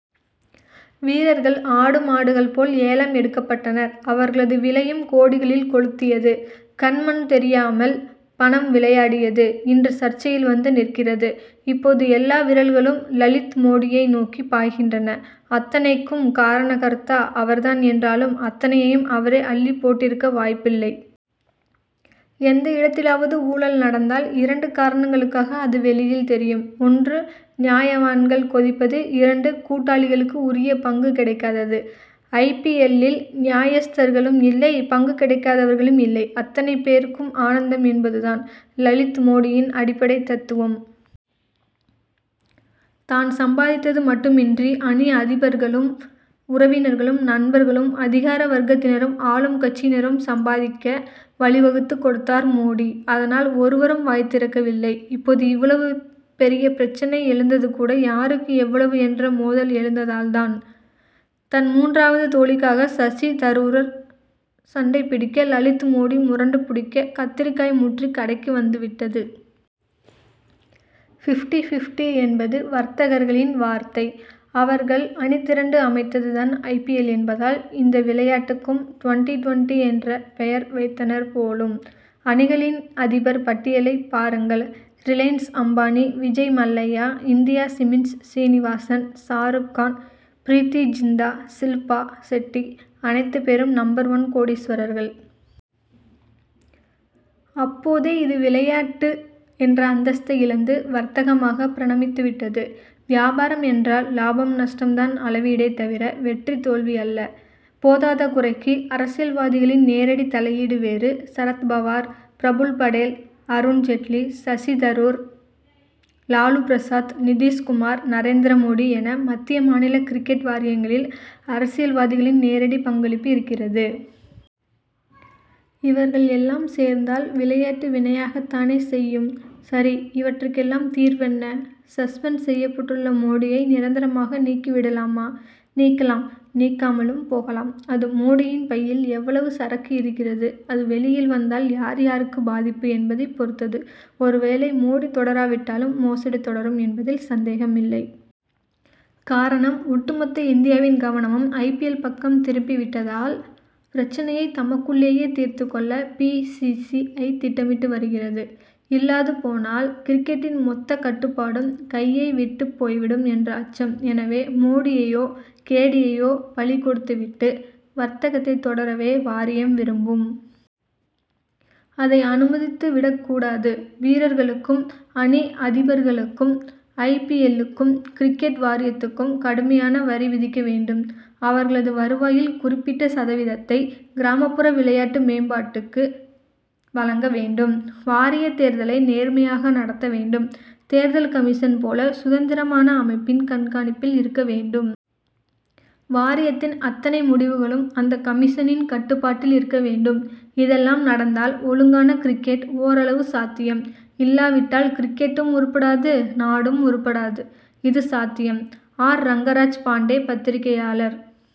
வீரர்கள், ஆடு, மாடுகள் போல் ஏலம் எடுக்கப்பட்டனர். அவர்களது விலையும் கோடிகளில் கொளுத்தியது. கண், மண் தெரியாமல் பணம் விளையாடியது இன்று, சர்ச்சையில் வந்து நிற்கிறது. இப்போது எல்லா விரல்களும், லலித் மோடியை நோக்கி பாய்கின்றன. அத்தனைக்கும் காரணகர்த்தா அவர் தான் என்றாலும், அத்தனையையும் அவரே அள்ளிப் போட்டிருக்க வாய்ப்பில்லை. எந்த இடத்திலாவது ஊழல் நடந்தால், இரண்டு காரணங்களுக்காக அது வெளியில் தெரியும். ஒன்று, நியாயவான்கள் கொதிப்பது இரண்டு, கூட்டாளிகளுக்கு உரிய பங்கு கிடைக்காதது. ஐ. பி. எல்.,லில் நியாயஸ்தர்களும் இல்லை பங்கு கிடைக்காதவர்களும் இல்லை அத்தனை பேருக்கும் ஆனந்தம்' என்பது தான் லலித் மோடியின் அடிப்படை தத்துவம். தான் சம்பாதித்தது மட்டுமின்றி, அணி அதிபர்களும், உறவினர்களும், நண்பர்களும், அதிகார வர்க்கத்தினரும், ஆளும் கட்சியினரும் சம்பாதிக்க வழிவகுத்துக் கொடுத்தார் மோடி. அதனால் ஒருவரும் வாய் திறக்கவில்லை. இப்போது இவ்வளவு பெரிய பிரச்னை எழுந்தது கூட, யாருக்கு எவ்வளவு என்ற மோதல் எழுந்ததால் தான். தன் மூன்றாவது தோழிக்காக சசி தரூர் சண்டை பிடிக்க, லலித் மோடி முரண்டு பிடிக்க, கத்தரிக்காய் முற்றி கடைக்கு வந்துவிட்டது. பிப்டி பிப்டி' என்பது வர்த்தகர்களின் வார்த்தை. அவர்கள் அணி திரண்டு அமைத்தது தான் ஐ. பி. எல்., என்பதால், இந்த விளையாட்டுக்கும், டுவென்டி டுவென்டி' என்றே பெயர் வைத்தனர் போலும். அணிகளின் அதிபர் பட்டியலைப் பாருங்கள்ரிலையன்ஸ் அம்பானி, விஜய் மல்லையா, இந்தியா சிமென்ட்ஸ் சீனிவாசன், ஷாருக் கான், பிரீத்தி ஜிந்தா, ஷில்பா ஷெட்டிஅத்தனை பேரும் நம்பர் ஒன் கோடீஸ்வரர்கள். அப்போதே இது, விளையாட்டு என்ற அந்தஸ்தை இழந்து, வர்த்தகமாக பரிணமித்துவிட்டது. வியாபாரம் என்றால், லாபம் நஷ்டம் தான் அளவீடே தவிர, வெற்றி தோல்வி அல்ல. போதாதகுறைக்கு, அரசியல்வாதிகளின் நேரடி தலையீடு வேறு. சரத் பவார், பிரபுல் படேல், அருண் ஜெட்லி, சசி தரூர், லாலு பிரசாத், நிதிஷ் குமார், நரேந்திர மோடி என, மத்திய, மாநில கிரிக்கெட் வாரியங்களில், அரசியல்வாதிகளின் நேரடி பங்களிப்பு இருக்கிறது. இவர்கள் எல்லாம் சேர்ந்தால், விளையாட்டு வினையாகத் தானே செய்யும்! சரி, இவற்றுக்கெல்லாம் தீர்வென்ன? சஸ்பெண்ட் செய்யப்பட்டுள்ள மோடியை நிரந்தரமாக நீக்கிவிடலாமா? நீக்கலாம் நீக்காமலும் போகலாம். அது, மோடியின் பையில் எவ்வளவு சரக்கு இருக்கிறது அது வெளியில் வந்தால் யார் யாருக்கு பாதிப்பு என்பதைப் பொறுத்தது. ஒருவேளை மோடி தொடராவிட்டாலும், மோசடி தொடரும் என்பதில் சந்தேகமில்லை. காரணம், ஒட்டுமொத்த இந்தியாவின் கவனமும் ஐ. பி. எல்., பக்கம் திரும்பிவிட்டதால், பிரச்னையை தமக்குள்ளேயே, தீர்த்துக்கொள்ள' பி. சி. சி. ஐ., திட்டமிட்டு வருகிறது. இல்லாது போனால், கிரிக்கெட்டின் மொத்த கட்டுப்பாடும், கையை விட்டுப் போய்விடும் என்ற அச்சம். எனவே, மோடியையோ, கேடியையையோ பலி கொடுத்துவிட்டு, வர்த்தகத்தைத் தொடரவே வாரியம் விரும்பும். அதை அனுமதித்துவிடக் கூடாது. வீரர்களுக்கும், அணி அதிபர்களுக் கும், ஐ. பி. எல்.,லுக்கும், கிரிக்கெட் வாரியத்துக்கும் கடுமையான வரி விதிக்க வேண்டும். அவர்களது வருவாயில் குறிப்பிட்ட சதவீதத்தை கிராமப்புற விளையாட்டு மேம்பாட்டுக்கு வழங்க வேண்டும். வாரியத் தேர்தலை நேர்மையாக நடத்த வேண்டும். தேர்தல் கமிஷன் போல, சுதந்திரமான அமைப்பின் கண்காணிப்பில் இருக்க வேண்டும். வாரியத்தின் அத்தனை முடிவுகளும், அந்தக் கமிஷனின் கட்டுப்பாட்டில் இருக்க வேண்டும். இதெல்லாம் நடந்தால், ஒழுங்கான கிரிக்கெட், ஓரளவு சாத்தியம். இல்லாவிட்டால் கிரிக்கெட்டும் உருப்படாது நாடும் உருப்படாது. இது சத்தியம்! ஆர். ரங்கராஜ் பாண்டே பத்திரிகையாளர்